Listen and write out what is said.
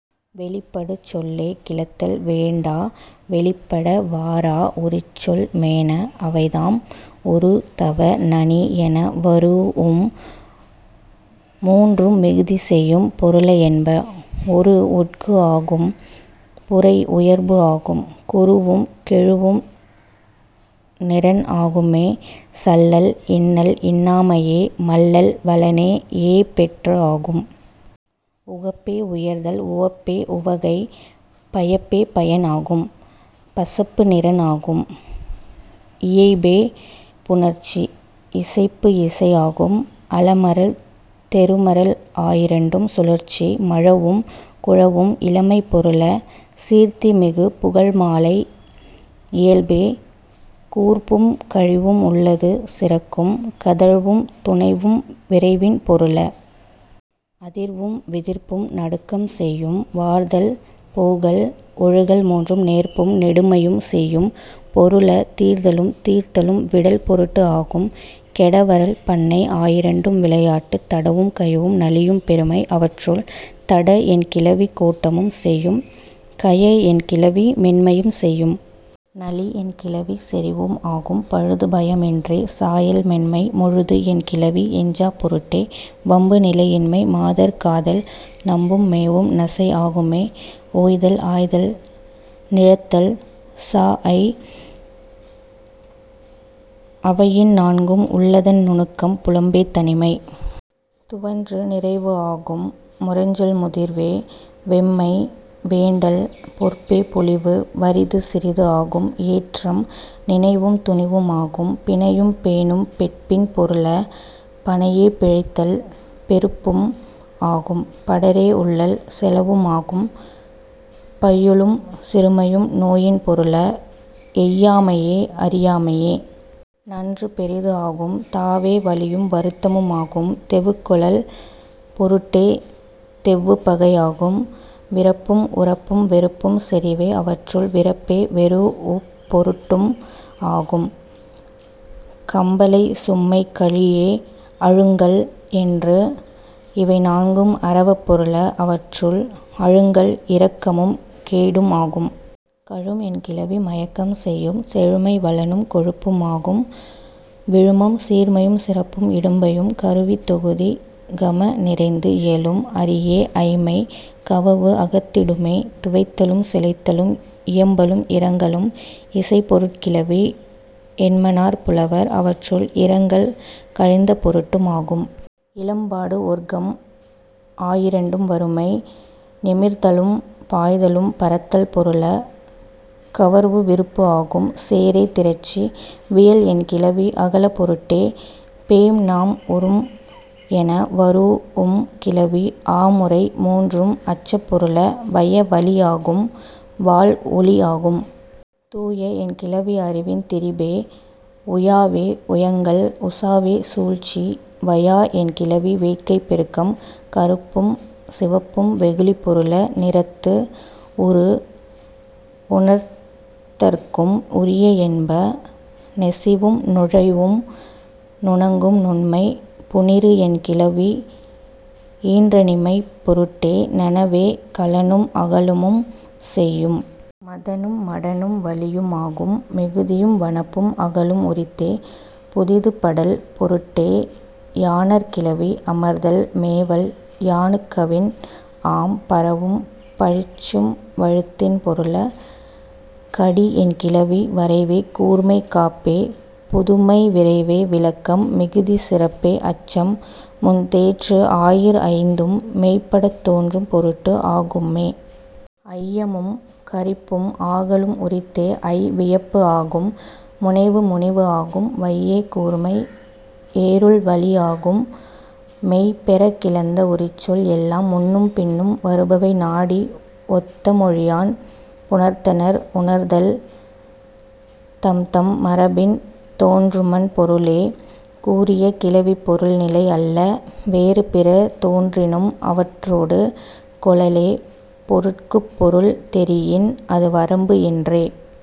வெளிப்படு சொல்லே கிளத்தல் வேண்டா வெளிப்பட வாரா உரிச்சொல் மேன. அவைதாம், உறு தவ நனி என வரூஉம் மூன்றும் மிகுதி செய்யும் பொருள என்ப. உரு உட்கு ஆகும் புரை உயர்பு ஆகும். குருவும் கெழுவும் நிறன் ஆகும்மே. சல்லல் இன்னல் இன்னாமையே. மல்லல் வளனே ஏ பெற்று ஆகும். உகப்பே உயர்தல் உவப்பே உவகை. பயப்பே பயன் ஆம். பசப்பு நிறன் ஆகும். இயைபே புணர்ச்சி. இசைப்பு இசை ஆகும். அலமரல் தெருமரல் ஆயிரண்டும் சுழற்சி. மழவும் குழவும் இளமைப் பொருள. சீர்த்தி மிகு புகழ் மாலை இயல்பே. கூர்ப்பும் கழிவும் உள்ளது சிறக்கும். கதழ்வும் துனைவும் விரைவின் பொருள. அதிர்வும் விதிர்ப்பும் நடுக்கம் செய்யும். வார்தல் போகல் ஒழுகல் மூன்றும் நேர்பும் நெடுமையும் செய்யும் பொருள. தீர்தலும் தீர்த்தலும் விடல் பொருட்டு ஆகும். கெடவரல் பண்ணை ஆயிரண்டும் விளையாட்டு. தடவும் கயவும் நளியும் பெருமை. அவற்றுள், தட என் கிளவி கோட்டமும் செய்யும். கய என் கிளவி மென்மையும் செய்யும். நளி என் கிளவி செறிவும் ஆகும். பழுது பயம் இன்றே. சாயல் மென்மை. முழுது என் கிளவி எஞ்சாப் பொருட்டே. வம்பு நிலை இன்மை. மாதர் காதல். நம்பும் மேவும் நசை ஆகும்மே. ஓய்தல் ஆய்தல் நிழத்தல் சாஅய் ஆவயின் நான்கும் உள்ளதன் நுணுக்கம். புலம்பே தனிமை. துவன்று நிறைவு ஆகும். முரஞ்சல் முதிர்வே. வெம்மை வேண்டல். பொற்பே பொலிவு. வறிது சிறிது ஆகும். எற்றம் நினைவும் துணிவும் ஆகும். பிணையும் பேணும் பெட்பின் பொருள. பணையே பிழைத்தல் பெருப்பும் ஆகும். படரே உள்ளல் செலவும் ஆகும். பையுளும் சிறுமையும் நோயின் பொருள. எய்யாமையே அறியாமையே. நன்று பெரிது ஆகும். தாவே வலியும் வருத்தமும் ஆகும் தெவுக் கொளல் பொருட்டே. தெவ்வுப் பகை ஆகும். விறப்பும் உறப்பும் வெறுப்பும் செறிவே. அவற்றுள், விறப்பே வெரூஉப் பொருட்டும் ஆகும். கம்பலை சும்மை கலியே அழுங்கல் என்று இவை நான்கும் அரவப் பொருள. அவற்றுள், அழுங்கல் இரக்கமும் கேடும் ஆகும். கழும் என் கிளவி மயக்கம் செய்யும். செழுமை வளனும் கொழுப்பும் ஆகும். விழுமம் சீர்மையும் சிறப்பும் இடும்பையும். கருவி தொகுதி. கம நிறைந்து இயலும். அரியே ஐம்மை. கவவு அகத்திடுமே. துவைத்தலும் சிலைத்தலும் இயம்பலும் இரங்கலும் இசைப் பொருட் கிளவி என்மனார் புலவர். அவற்றுள், இரங்கல் கழிந்த பொருட்டும் ஆகும். இலம்பாடு ஒற்கம் ஆயிரண்டும் வறுமை. ஞெமிர்தலும் பாய்தலும் பரத்தல் பொருள. கவர்வு விருப்பு ஆகும். சேரே திரட்சி. வியல் என் கிளவி அகலப் பொருட்டே. பேம் நாம் உரும் என வரூஉம் கிளவி ஆ முறை மூன்றும் அச்சப் பொருள. வய வலி ஆகும். வாள் ஒளி ஆகும். துய என் கிளவி அறிவின் திரிபே. உயாவே உயங்கல். உசாவே சூழ்ச்சி. வயா என் கிளவி வேட்கைப் பெருக்கம். கறுப்பும் சிவப்பும் வெகுளிப் பொருள. நிறத்து உரு உணர்த்தற்கும் உரிய என்ப. நொசிவும் நுழைவும் நுணங்கும் நுண்மை. புனிறு என் கிளவி ஈன்றணிமைப் பொருட்டே. நனவே களனும் அகலமும் செய்யும். மதவே மடனும் வலியும் ஆகும். மிகுதியும் வனப்பும் ஆகலும் உரித்தே. புதிதுபடல் பொருட்டே யாணர்க் கிளவி. அமர்தல் மேவல். யாணுக் கவின் ஆம். பரவும் பழிச்சும் வழுத்தின் பொருள. கடி என் கிளவி வரைவே கூர்மை காப்பே புதுமை விரைவே விளக்கம் மிகுதி சிறப்பே அச்சம் முன்தேற்று ஆயீர் ஐந்தும் மெய்ப்படத் தோன்றும் பொருட்டு ஆகும்மே. ஐயமும் கரிப்பும் ஆகலும் உரித்தே. ஐ வியப்பு ஆகும். முனைவு முனிவு ஆகும். வையே கூர்மை. எறுழ் வலி ஆகும். மெய் பெறக் கிளந்த உரிச்சொல் எல்லாம் முன்னும் பின்னும் வருபவை நாடி ஒத்த மொழியான் புணர்த்தனர் உணர்த்தல் தம்தம் மரபின் தோன்றும்மன் பொருளே. கூறிய கிளவிப் பொருள் நிலை அல்ல வேறு பிற தோன்றினும் அவற்றொடு கொளலே. பொருட்குப் பொருள் தெரியின் அது வரம்பு இன்றே।